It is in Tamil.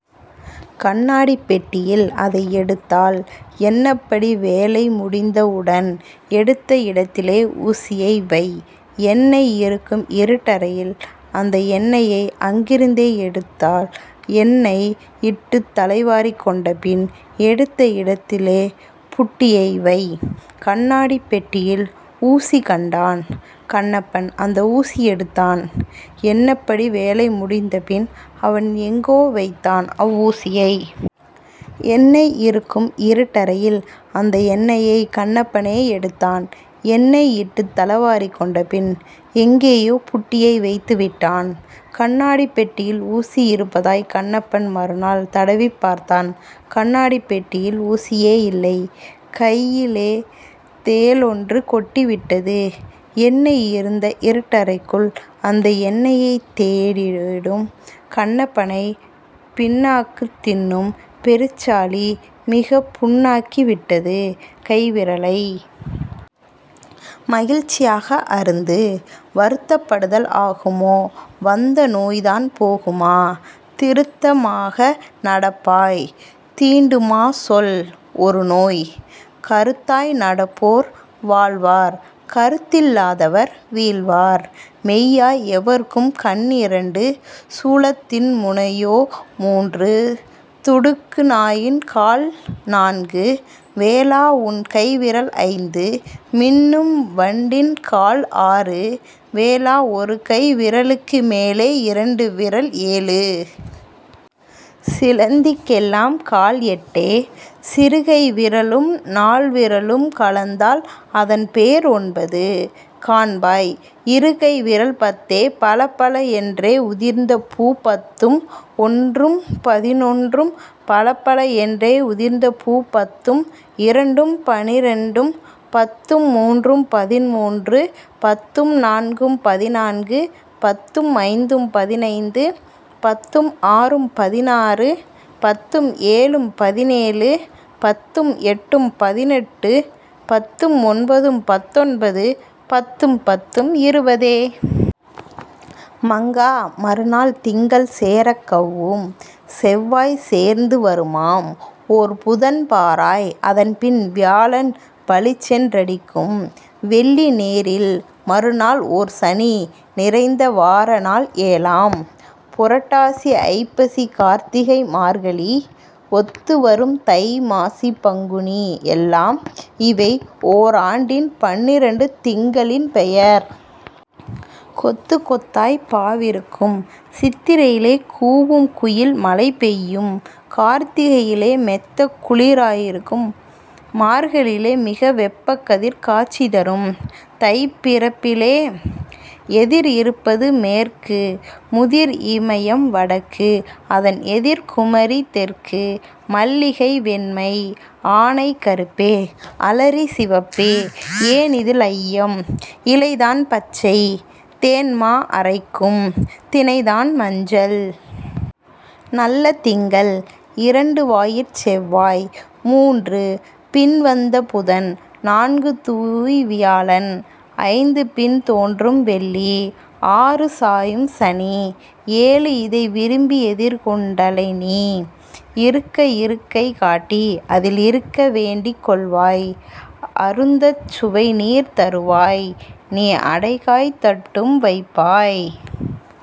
கண்ணாடிப் பெட்டியில் அதை எடுத்தால் எண்ணப்படி வேலை முடிந்த உடன்। எடுத்த இடத்திலே ஊசியை வை. எண்ணெய் இருக்கும் இருட்டறையில்-அந்த எண்ணெயை அங்கிருந்தே எடுத்தால் எண்ணெய் இட்டுத் தலைவாரிக் கொண்டபின் எடுத்த இடத்திலே புட்டியைவை. கண்ணாடிப் பெட்டியில் ஊசி கண்டான் கண்ணப்பன் அந்த ஊசி எடுத்தான்; எண்ணப்படி வேலை முடிந்தபின்-அவன் எங்கோ வைத்தான் அவ்வூசியை. எண்ணெய் இருக்கும் இருட்டறையில்-அந்த எண்ணெயைக் கண்ணப்பனே எடுத்தான்; எண்ணெய் இட்டுத் தலைவாரிக் கொண்டபின் எங்கேயோ புட்டியை வைத்துவிட்டான். கண்ணாடிப் பெட்டியில் ஊசி இருப்பதாய்க் கண்ணப்பன் மறுநாள் தடவிப் பார்த்தான்; கண்ணாடிப் பெட்டியில் ஊசியே இல்லை கையிலே தேளொன்று கொட்டிவிட்டது! எண்ணெய் இருந்த இருட்டறைக்குள்-அந்த எண்ணெயைத் தேடிடும் கண்ணப்பனைப் பிண்ணாக்குத் தின்னும் பெருச்சாளி-மிகப் புண்ணாக்கி விட்டது கைவிரலை! மகிழ்ச்சி யாக அருந்து. வருத்தப் படுதல் ஆகுமோ வந்த நோய்தான் போகுமா? திருத்த மாக நடப்பாய் தீண்டுமா சொல் ஒரு நோய்? கருத்தாய் நடப்போர் வாழ்வார் கருத்தில் லாதவர் வீழ்வார். மெய்யாய் எவர்க்கும் கண் இரண்டு சூலத் தின்முனை யோ மூன்று துடுக்கு நாயின் கால் நான்கு வேலா உன்கை விரல் ஐந்து மின்னும் வண்டின் கால் ஆறு வேலா ஒருகை விர லுக்கு மேலே இரண்டு விரல் ஏழு. சிலந்திக் கெல்லாம் கால் எட்டே சிறுகை விரலும் நால் விரலும் கலந்தால் அதன்பேர் ஒன்பது காண்பாய் இருகை விரல் பத்தே பலபல என்றே உதிர்ந்த பூ பத்தும் ஒன்றும் பதினொன்று பலபல என்றே உதிர்ந்த பூ பத்தும் இரண்டும் பனிரண்டு. பத்தும் மூன்றும் பதின்மூன்று பத்தும் நான்கும் பதினான்கு பத்தும் ஐந்தும் பதினைந்து பத்தும் ஆறும் பதினாறு பத்தும் ஏழும் பதினேழு பத்தும் எட்டும் பதினெட்டு பத்தும் ஒன்பதும் பத்தொன்பது பத்தும் பத்தும் இருபதே. மங்கா மறுநாள் திங்கள் சேரக் கௌவும் செவ்வாய் சேர்ந்து வருமாம் ஓர் புதன் பாராய் அதன்பின் வியாழன் பளிச்சென் றடிக்கும் வெள்ளி நேரில் மறுநாள் ஓர்சனி நிறைந்த வார நாள் ஏழாம். புரட்டாசி ஐப்பசிகார்த் திகைமார்கழி ஒத்துவரும் தைமாசி பங்குனிஎல்லாம்-இவை ஓராண்டின் பனிரண்டு திங்களின் பெயர். கொத்துக் கொத்தாய்ப் பாவிருக்கும் சித்திரையிலே கூவும்குயில் மழை பெய்யும் கார்த்திகையிலே மெத்தக்குளி ராயிருக்கும் மார்கழியிலே-மிக வெப்பக்கதிர் காட்சிதரும் தைப்பிறப்பிலே. எதிர் இருப்பது மேற்கு முதிர் இமையம் வடக்கு-அதன் எதிர் குமரி தெற்கு. மல்லிகை வெண்மை ஆனை கறுப்பே அலரி சிவப்பே ஏன் இதில் ஐயம்? இலைதான் பச்சை தேன்மா அரைக்கும் தினைதான் மஞ்சள். நல்ல திங்கள் இரண்டு வாயிற் செவ்வாய் மூன்று-பின் வந்த புதன் நான்கு தூவ்வி வியாழன் ஐந்து-பின் தோன்றும் வெள்ளி ஆறு சாயும்சனி ஏழு-இதைத் விரும்பி எதிர் கொண் டழைநீ. இருக்க இருக்கை காட்டி-அதில் இருக்க வேண்டிக் கொள்வாய். அருந்தச் சுவைநீர் தருவாய்-நீ அடைகாய்த் தட்டும் வைப்பாய்.